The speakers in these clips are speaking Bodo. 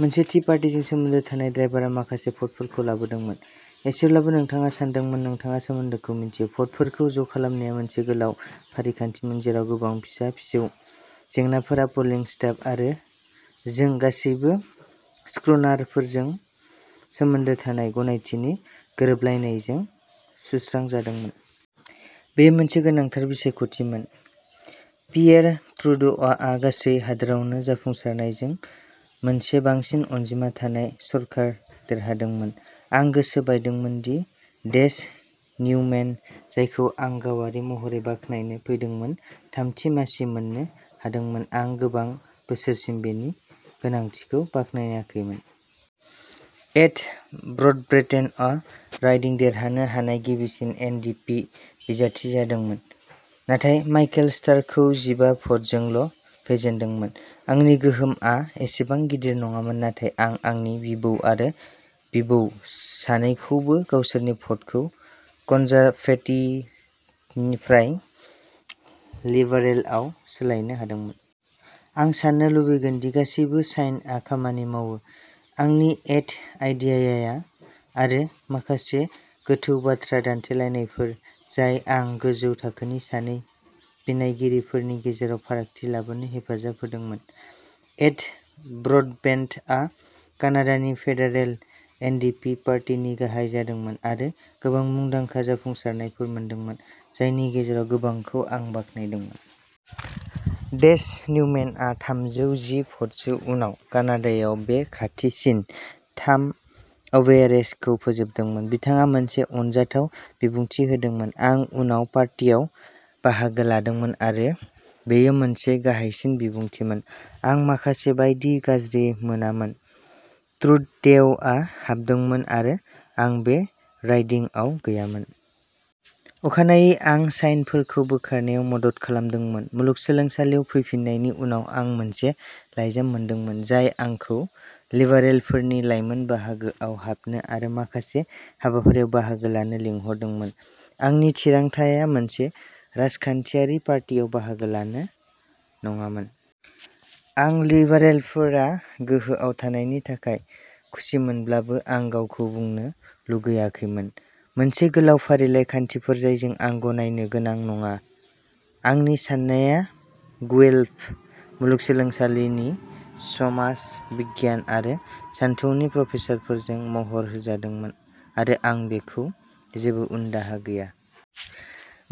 मोनसे थि पार्टीजों सोमोन्दो थानाय ड्राइभारआ माखासे भटारफोरखौ लाबोदोंमोन। एसेब्लाबो नोंथाङा सानदोंमोन नोंथाङा सोमोन्दोखौ मिथियो। भटफोरखौ ज' खालामनाया मोनसे गोलाव फारिखान्थिमोन जेराव गोबां फिसा-फिसौ जेंनाफोरा प'लिं स्टाफ आरो जों गासैबो स्क्रुनाइनारफोरजों सोमोन्दो थानाय गनायथिनि गोरोबलायनायजों सुस्रांजादोंमोन। बेयो मोनसे गोनांथार बिसायख'थिमोन। पियेर ट्रुड'आ गासै हादोरावनो जाफुंसारनायजों मोनसे बांसिन अनजिमा थानाय सरखार देरहादोंमोन। आं गोसो बायदोंमोन दि डेस निउमेन, जायखौ आं गावारि महरै बाख्नायनो फैदोंमोन, थामथि मासि मोननो हादोंमोन। आं गोबां बोसोरसिम बेनि गोनांथिखौ बाख्नायाखैमोन। एड ब्रडबेन्टआ राइडिं देरहानो हानाय गिबिसिन एन डि पि बिजाथि जादोंमोन, नाथाय माइकेल स्टारखौ जिबा भ'टजोंल' फेजेनदोंमोन। आंनि गोहोमआ एसेबां गिदिर नङामोन, नाथाय आं आंनि बिबौ आरो बिबौ सानैखौबो गावसोरनि भ'टखौ कन्जारभेटिभनिफ्राय लिबारेलआव सोलायनो हादोंमोन। आं साननो लुबैगोन दि गासिबो साइनआ खामानि मावो, आंनि एड आइडियाया आरो माखासे गोथौ बाथ्रा दान्थेलायनायफोर, जाय आं गोजौ थाखोनि सानै बिनायगिरिफोरनि गेजेराव फारागथि लाबोनो हेफाजाब होदोंमोन। एड ब्रडबेन्टआ कानाडानि फेडारेल एन डि पि पार्टीनि गाहाय जादोंमोन आरो गोबां मुंदांखा जाफुंसारनायफोर मोनदोंमोन, जायनि गेजेराव गोबांखौ आं बाख्नायदोंमोन। डेस निउमेनआ थामजौ जि भ'टसो उनाव कानाडायाव बे खाथिसिन थाम अवे रेसखौ फोजोबदोंमोन। बिथाङा मोनसे अनजाथाव बिबुंथि होदोंमोन। आं उनाव पार्टियाव बाहागो लादोंमोन आरो बेयो मोनसे गाहायसिन बिबुंथिमोन। आं माखासे बायदि गाज्रि मोनामोन ट्रुडेउआ हाबदोंमोन आरो आं बे राइडिंआव गैयामोन। अखानायै आं साइनफोरखौ बोखारनायाव मदद खालामदोंमोन। मुलुगसोलोंसालियाव फैफिननायनि उनाव आं मोनसे लाइजाम मोनदोंमोन, जाय आंखौ लिबारेलफोरनि लाइमोन बाहागोआव हाबनो आरो माखासे हाबाफारियाव बाहागो लानो लिंहरदोंमोन। आंनि थिरांथाआ मोनसे राजखान्थियारि पार्टीयाव बाहागो लानो नाङामोन। आं लिबारेलफोरा गोहोआव थानायनि थाखाय खुसिमोनब्लाबो आं गावखौ बुंनो लुगैआखैमोन। मोनसे गोलाव फारिलाइ खान्थिफोर जायजों आं गनायनो गोनां नङा। आंनि साननाया गुएल्फ मुलुगसोलोंसालिनि समाज बिगियान आरो सानथौनि प्रफेसारफोरजों महर होजादोंमोन आरो आं बेखौ जेबो उनदाहा गैया।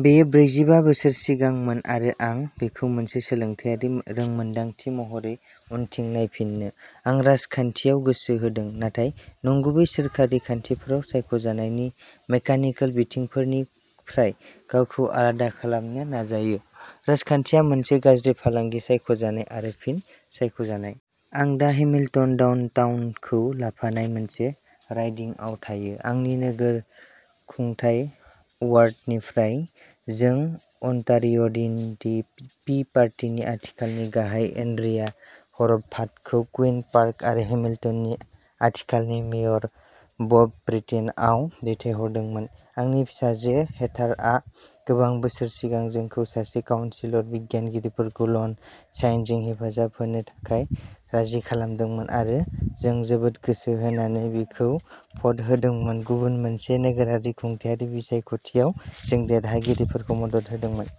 बेयो ब्रैजिबा बोसोर सिगांमोन आरो आं बेखौ मोनसे सोलोंथायारि रोंमोनदांथि महरै उनथिं नायफिनो। आं राजखान्थियाव गोसो होदों, नाथाय नंगुबै सोरखारि खान्थिफोराव सायख'जानायनि मेकानिकेल बिथिंफोरनिफ्राय गावखौ आलादा खालामनो नाजायो। राजखान्थिया मोनसे गाज्रि फालांगि-सायख'जानाय आरो फिन सायख'जानाय। आं दा हेमिल्टन डाउनटाउनखौ लाफानाय मोनसे राइडिंआव थायो। आंनि नोगोर खुंथाय अवार्डनिफ्राय जों अन्टारिय'एन डि पि पार्टीनि आथिखालनि गाहाय, एन्ड्रिया ह'रभाथखौ कुइन पार्क आरो हेमिल्टननि आथिखालनि मेयर, बब ब्रेटिनाआव दैथायहरदोंमोन। आंनि फिसाजो, हेथारआ गोबां बोसोर सिगां जोंखौ सासे काउनसिलर बिनायगिरिखौ लन साइनजों हेफाजाब होनो थाखाय राजि खालामदोंमोन आरो जों जोबोद गोसो होनानै बिखौ भ'ट होदोंमोन। गुबुन मोनसे नोगोर खुंथायारि बिसायख'थियाव जों देरहागिरिखौ मदद होदोंमोन।